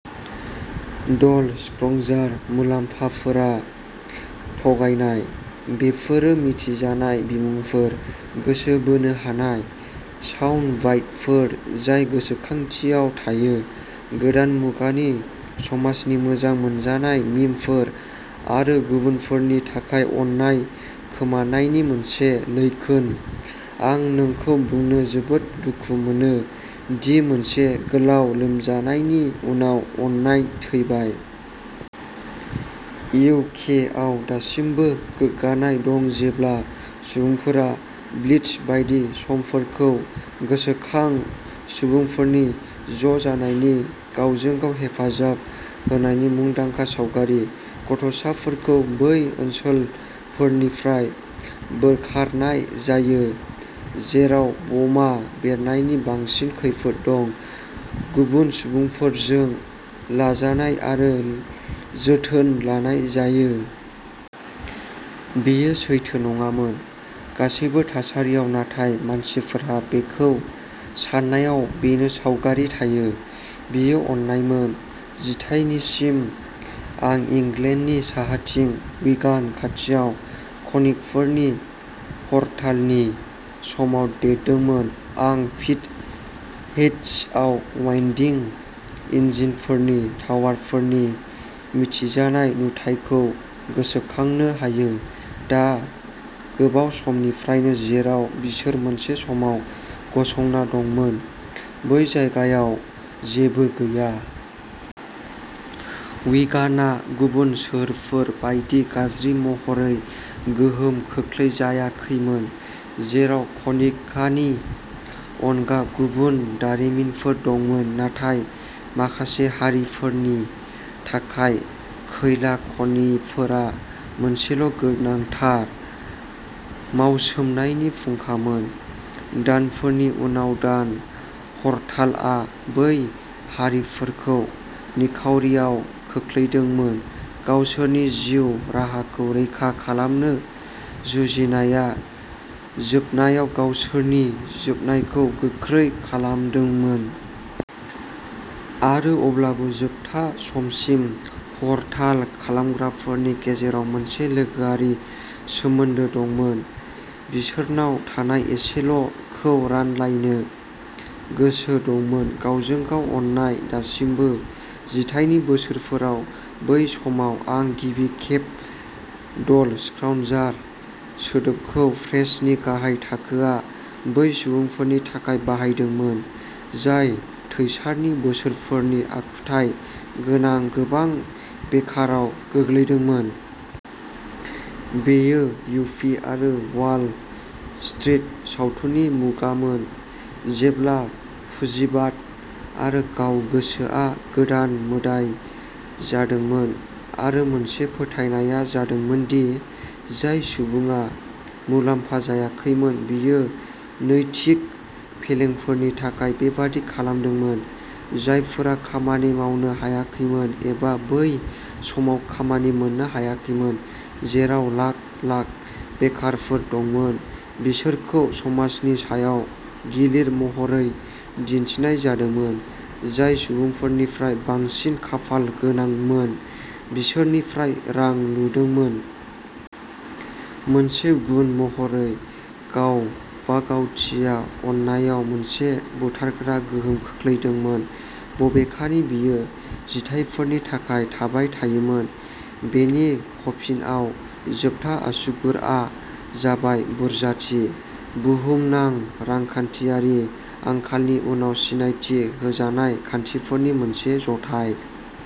ड'ल स्क्रंजार। मुलाम्फाफोरा थगायनाय। बेफोरो मिथिजानाय बिमुंफोर, गोसो बोनो हानाय साउन्डबाइटफोर जाय गोसोखांथियाव थायो। गोदान मुगानि समाजनि मोजां मोनजानाय मीमफोर, आरो गुबुनफोरनि थाखाय अननाय खोमानायनि मोनसे लैखोन। आं नोंखौ बुंनो जोबोद दुखु मोनो दि मोनसे गोलाव लोमजानायनि उनाव अननाय थैबाय। इउ. के. आव दासिमबो गोग्गानाय दं जेब्ला सुबुंफोरा ब्लिट्ज बायदि समफोरखौ गोसोखांो। सुबुंफोरनि ज'जानायनि, गावजों गाव हेफाजाब होनायनि मुंदांखा सावगारि। गथ'साफोरखौ बै ओनसोलफोरनिफ्राय बोखारनाय जायो जेराव बमा बेरनायनि बांसिन खैफोद दं, गुबुन सुबुंफोरजों लाजानाय आरो जोथोन लानाय जायो। बेयो सैथो नङामोन। गासैबो थासारियाव, नाथाय मानसिफोरहा बेखौ सान्नायाव बेनो सावगारि थायो। बेयो अननायमोन। जिथाइनिसिमः आं इंलेन्डनि साहाथिं उइगान खाथियाव खनिकफोरनि हरतालनि समाव देरदोंमोन। आं पिट हेड्सआव वाइन्डिं इन्जिनफोरनि टावारफोरनि मिथिजानाय नुथायखौ गोसोखांनो हायो, दा गोबाव समनिफ्रायनो जेराव बिसोर मोनसे समाव गसंना दंमोन बै जायगायाव जेबो गैया। विगाना गुबुन सोहोरफोर बायदि गाज्रि महरै गोहोम खोख्लैजायाखैमोन, जेराव खनिकानि अनगा गुबुन दारिमिनफोर दंमोन। नाथाय माखासे हारिफोरनि थाखाय खैला खनिफोरा मोनसेल'गोनांथार मावसोमनायनि फुंखामोन। दानफोरनि उनाव दान हरतालआ बै हारिफोरखौ निखावरिआव खोख्लैदोंमोनः गावसोरनि जिउ राहाखौ रैखा खालामनो जुजिनायआ जोबनायाव गावसोरनि जोबनायखौ गोख्रै खालामदोंमोन। आरो अब्लाबो जोबथा समसिम हरताल खालामग्राफोरनि गेजेराव मोनसे लोगोआरि सोमोन्दो दंमोन, बिसोरनाव थानाय एसेल'खौ रानलायनो गोसो दंमोन, गावजों गाव अननाय। दासिमबो जिथाइनि बोसोरफोराव, बै समाव आं गिबि खेब "ड'ल स्क्रौन्जार" सोदोबखौ प्रेसनि गाहाय थाखोआ बै सुबुंफोरनि थाखाय बाहायदोंमोन, जाय थैचारनि बोसोरफोरनि आखुथाय गोनां गोबां बेकाराव गोग्लैदोंमोन। बेयो युप्पी आरो वाल स्ट्रीट सावथुननि मुगामोन, जेब्ला पुजिबाद आरो गाव-गोसोआ गोदान मोदाइ जादोंमोन आरो मोनसे फोथायनाया जादोंमोन दि जाय सुबुङा मुलाम्फा जायाखैमोन, बियो नैतिक फेलेंफोरनि थाखाय बेबादि खालामदोंमोन। जायफोरा खामानि मावनो हायाखैमोन, एबा बै समाव खामानि मोन्नो हायाखैमोन, जेराव लाख लाख बेकारफोर दंमोन, बिसोरखौ समाजनि सायाव गिलिर महरै दिन्थिनाय जादोंमोन, जाय सुबुंफोरनिफ्राय बांसिन खाफालगोनांमोन, बिसोरनिफ्राय रां लुदोंमोन। मोनसे गुन महरै गावबागावथिया अननायाव मोनसे बुथारग्रा गोहोम खोख्लैदोंमोन, बबेखानि बेयो जिथायफोरनि थाखाय थाबाय थायोमोन। बेनि कफिनआव जोबथा आसुगुरआ जाबाय बुरजाथि, बुहुमनां रांखान्थियारि आंखालनि उनाव सिनायथि होजानाय खान्थिफोरनि मोनसे जथाय।